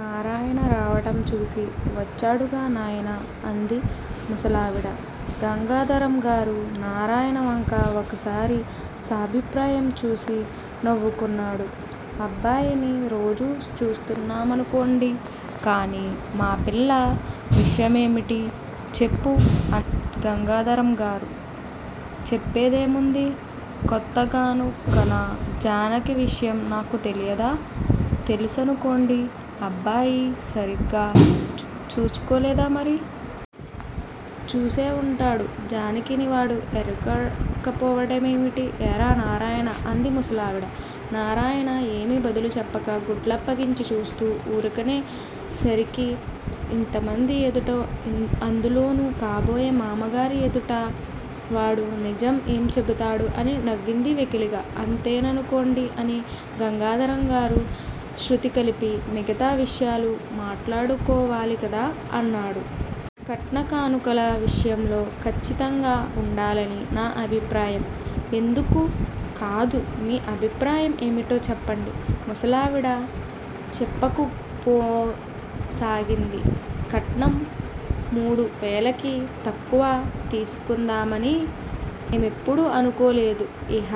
నారాయణ రావటంచూసి వచ్చాడుగా నాయనా అంది ముసలావిడ. గంగాధరంగారు నారాయణ వంక ఒకసారి సాభిప్రాయం చూసి నవ్వుకున్నాడు. అబ్బాయిని రోజూ చూస్తున్నామనుకోండి. కానీ మా పిల్ల విషయమేమిటి చెప్పు? అన్నాడు గంగాధరంగారు. చెప్పేదేముంది, కొత్తగనుకనా? జానకి విషయం నాకు తెలీదా తెలుసుననుకోండి. అబ్బాయి సరిగ్గా చూచుకోలేదా మరి? చూసేవుంటాడు, జానకిని వాడు ఎరగకపోవటమేమిటి? ఏరా నారాయణా? అంది ముసలావిడ. నారాయణ ఏమీ బదులు చెప్పక గుడ్లప్పగించి చూస్తూ వూరుకునే సరికి ఇంతమంది ఎదుట అందులోనూ కాబోయే మామగారి ఎదుట వాడు నిజం ఏమి చెబుతాడు? అని నవ్వింది వెకిలిగా. అంతే ననుకోండి అని గంగాధరంగారు శ్రుతికలిపి మిగతా విషయాలు మాట్లాడుకోవాలిగదా అన్నాడు. కట్నం కానుకల విషయంలో ఖచ్చితంగా వుండాలని నా అభిప్రాయం. ఎందుకు కాదూ! మీ అభిప్రాయం ఏమిటో చెప్పండి? ముసలావిడ చెప్పుకుపోసాగింది కట్నం మూడువేలకి తక్కువ తీసుకుందామని మేమెప్పుడూ అనుకోలేదు. ఇహ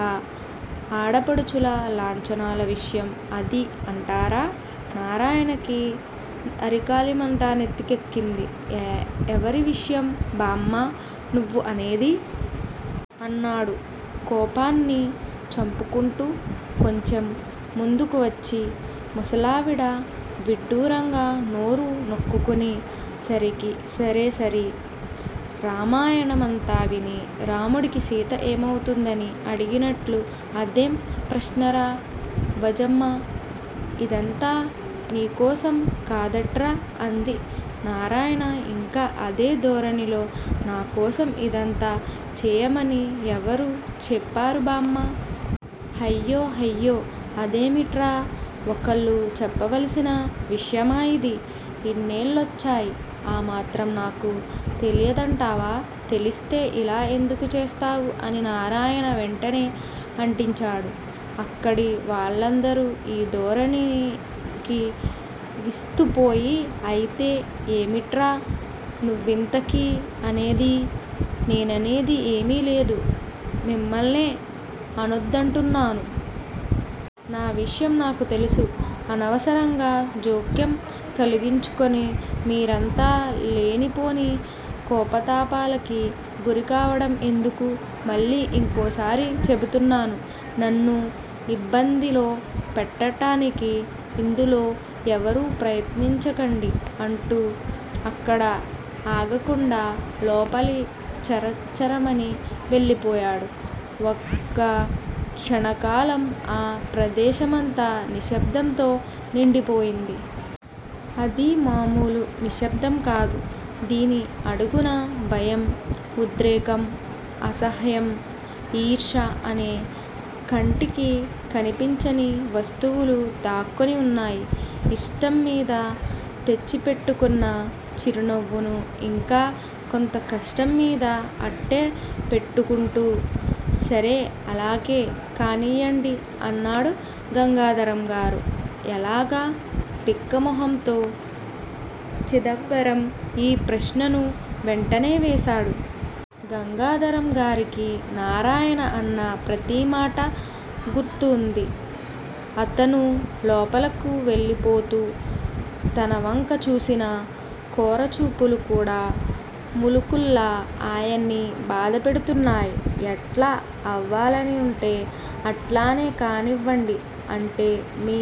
ఆడపడుచుల లాంఛనాల విషయం అదీ అంటారా? నారాయణకి అరికాలిమంట నెత్తికెక్కింది, ఎవరి విషయం బామ్మా నువ్వు అనేది? అన్నాడు కోపాన్ని చంపుకొంటూ కొంచెం ముందుకువచ్చి. ముసలావిడ విడ్డూరంగా నోరు నొక్కుకుని సరేసరి, రామాయణమంతా విని రాముడికి సీత ఏమవుతుందని అడిగినట్లు అదేం ప్రశ్నరా వాజమ్మా! ఇదంతా నీకోసం కదాట్రా? అంది. నారాయణ ఇంకా అదే ధోరణిలో నాకోసం ఇదంతా చేయమని ఎవరు చెప్పారు బామ్మా? హయ్యొ, హయ్యొ! అదేమిట్రా! ఒకళ్ళు చెప్పవలసిన విషయమా ఇది! ఇన్నేళ్ళొచ్చాయి, ఆ మాత్రం నాకు తెలియదంటావా? తెలిస్తే ఇలా ఎందుకు చేశావు అని నారాయణ వెంటనే అంటించాడు. అక్కడి వాళ్ళందరూ ఈ ధోరణికి విస్తుపోయి, అయితే ఏమిట్రా నువ్వింతకీ అనేది? నేననేది ఏమీ లేదు. మిమ్మల్నే అనొద్దంటున్నాను. నా విషయం నాకు తెలుసు. అనవసరంగా జోక్యం కలిగించుకొని మీరంతా లేనిపోని కోపతాపాలకి గురికావటం ఎందుకు? మళ్ళీ ఇంకోసారి చెబుతున్నాను. నన్ను యిబ్బందిలో పెట్టటానికి యిందులో ఎవరూ ప్రయత్నించకండి అంటూ అక్కడ ఆగకుండా లోపలి చర చరమని వెళ్ళిపోయాడు. ఒక క్షణకాలం ఆ ప్రదేశమంతా నిశ్శబ్దంతో నిండిపోయింది. అదీ మామూలు నిశ్శబ్దం కాదు. దీని అడుగున భయం, ఉద్రేకం, అసహ్యం, యీర్ష్య అనే కంటికి కనిపించని వస్తువులు దాక్కుని వున్నాయి. కష్టంమీద తెచ్చిపెట్టుకున్న చిరునవ్వును ఇంకా కొంత కష్టంమీదు అట్టే పెట్టుకుంటూ సరే అలాగే కానియ్యండి అన్నాడు గంగాధరంగారు. ఎలాగ? బిక్క మొహంతో చిదంబరం యీ ప్రశ్నను వెంటనే వేశాడు. గంగాధరంగారికి నారాయణ అన్న ప్రతిమాటా గుర్తువుంది. అతను లోపలకు వెళ్ళిపోతూ తనవంక చూసిన కోరచూపులు కూడా ములుకుల్లా ఆయన్ని బాధపెడుతున్నాయి. ఎట్లా అవ్వాలని వుంటే అట్లానే కానివ్వండి. అంటే మీ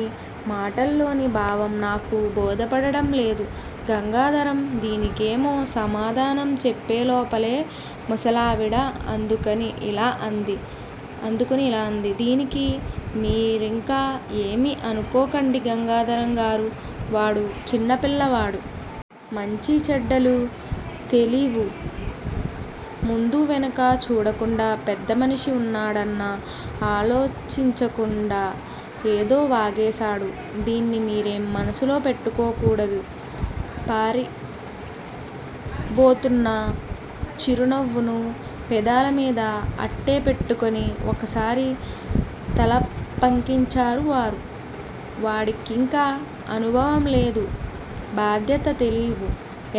మాటల్లోని భావం నాకు బోధపడటం లేదు. గంగాధరం దీనికేమో సమాధానం చెప్పేలోపలే ముసలావిడ అందుకుని యిలా అంది: దీనికి మీరింకా ఏమీ అనుకోకండి గంగాధరంగారు, వాడు చిన్నవాడు. మంచి చెడ్డలు తెలీవు. ముందూ వెనకా చూడకుండా పెద్దమనిషి వున్నాడనన్నా ఆలోచించకుందా ఏదో వాగేశాడు. దీన్ని మీరేం మనసులో పెట్టుకోకూడదు. పారిపోబోతున్న చిరునవ్వును పెదాలమీద అట్టేపెట్టుకుని ఒకసారి తలపంకించారు వారు. వాడికింకా అనుభవంలేదు. బాధ్యతలు తెలీవు.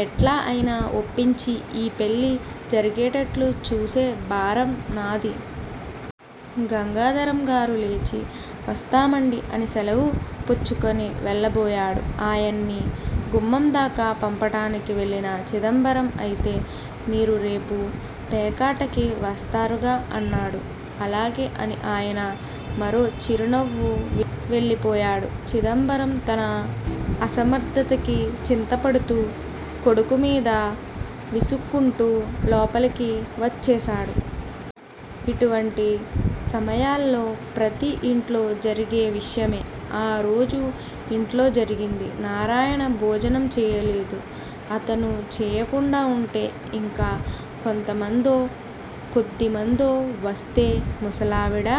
ఎట్లా అయినా ఒప్పించి, ఈ పెళ్ళి జరిగేటట్లు చూసే భారం నాది. గంగాధరంగారు లేచి వస్తామండి అని శెలవు పుచ్చుకొని వెళ్ళబోయాడు. ఆయన్ని గుమ్మందాకా పంపటానికి వెళ్ళిన చిదంబరం అయితే మీరు రేపు పేకాటకి వస్తారుగా అన్నాడు. అలాగే అని ఆయన మరో చిరునవ్వు విసిరి వెళ్ళిపోయాడు. చిదంబరం తన అసమర్ధతకి చింతపడుతూ, కొడుకుమీద విసుక్కుంటూ లోపలి వచ్చేశాడు. ఇటువంటి సమయాల్లో ప్రతి యింట్లో జరిగే విషయమే ఆరోజు ఇంట్లో జరిగింది. నారాయణ భోజనం చేయలేదు. అతను చేయకుండా వుంటే ఇంకా కొంతమందో, కొద్దిమందో వస్తే ముసలావిడ